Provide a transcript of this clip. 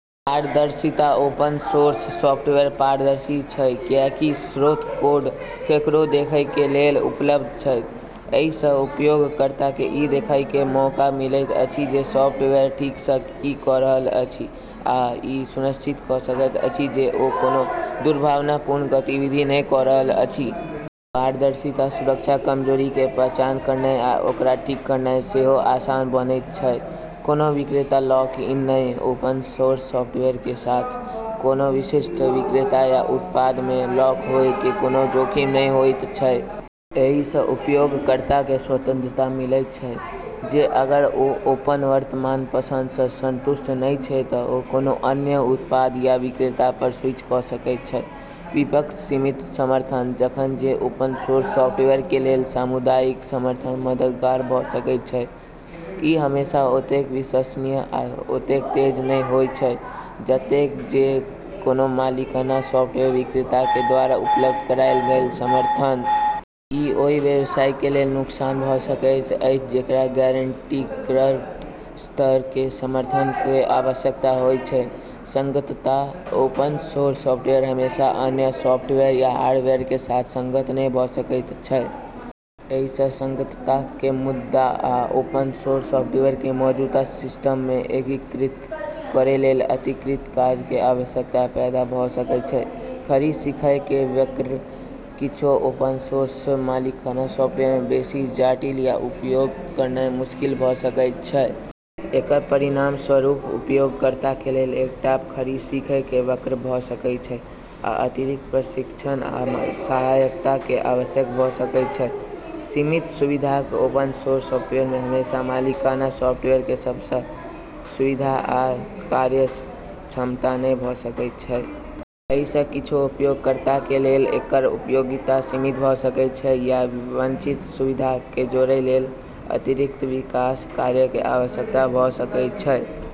पारदर्शिता: open source software पारदर्शी छै, कियाकि स्रोत कोड ककरो देखय के लेल उपलब्ध छै। एही सँ उपयोगकर्ता के ई देखय के मौका मिलैत अछि जे सॉफ्टवेयर ठीक सँ की क रहल अछि आ ई सुनिश्चित क सकैत अछि जे ओ कोनो दुर्भावनापूर्ण गतिविधि नहि क रहल अछि। पारदर्शिता सुरक्षा कमजोरी के पहचान करनाय आ ओकरा ठीक करनाय सेहो आसान बनैत छै। कोनों विक्रेता लॉक-इन नहि: ओपन सोर्स सॉफ्टवेयर के साथ, कोनों विशिष्ट विक्रेता या उत्पाद मे लॉक होय के कोनों जोखिम नहि होयत छै। एही सँ उपयोगकर्ता के स्वतंत्रता मिलैत छै जे अगर ओ अपन वर्तमान पसंद सँ संतुष्ट नहि छै त ओ कोनों अन्य उत्पाद या विक्रेता पर स्विच क सकैत छै। विपक्ष:सीमित समर्थन: जखन जे ओपन सोर्स सॉफ्टवेयर के लेल सामुदायिक समर्थन मददगार भ सकैत छै, इ हमेशा ओतेक विश्वसनीय या ओतेक तेज नहि होयत छै जतेक जे कोनों मालिकाना सॉफ्टवेयर विक्रेता के द्वारा उपलब्ध करायल गेल समर्थन। इ ओहि व्यवसाय के लेल नुकसान भ सकैत छै, जेकरा गारंटीकृत स्तर के समर्थन के आवश्यकता होयत छै। संगतता: ओपन सोर्स सॉफ्टवेयर हमेशा अन्य सॉफ्टवेयर या हार्डवेयर के साथ संगत नहि भ सकैत छै। एही सँ संगतता के मुद्दा आ ओपन सोर्स सॉफ्टवेयर के मौजूदा सिस्टम मे एकीकृत करय लेल अतिरिक्त काज के आवश्यकता पैदा भ सकैत छै। खड़ी सीखय के वक्र: किछु ओपन सोर्स सॉफ्टवेयर मालिकाना सॉफ्टवेयर सँ बेसी जटिल आ उपयोग करनाय मुश्किल भ सकैत छै। एकर परिणामस्वरूप उपयोगकर्ता के लेल एकटा खड़ी सीखय के वक्र भ सकैत छै आ अतिरिक्त प्रशिक्षण आ सहायता के आवश्यकता भ सकैत छै। सीमित सुविधाक: ओपन सोर्स सॉफ्टवेयर मे हमेशा मालिकाना सॉफ्टवेयर के सबटा सुविधा आ कार्यक्षमता नहि भ सकैत छै। एही सँ किछु उपयोगकर्ता के लेल एकर उपयोगिता सीमित भ सकैत छै या वांछित सुविधाक के जोड़य लेल अतिरिक्त विकास कार्य के आवश्यकता भ सकैत छै।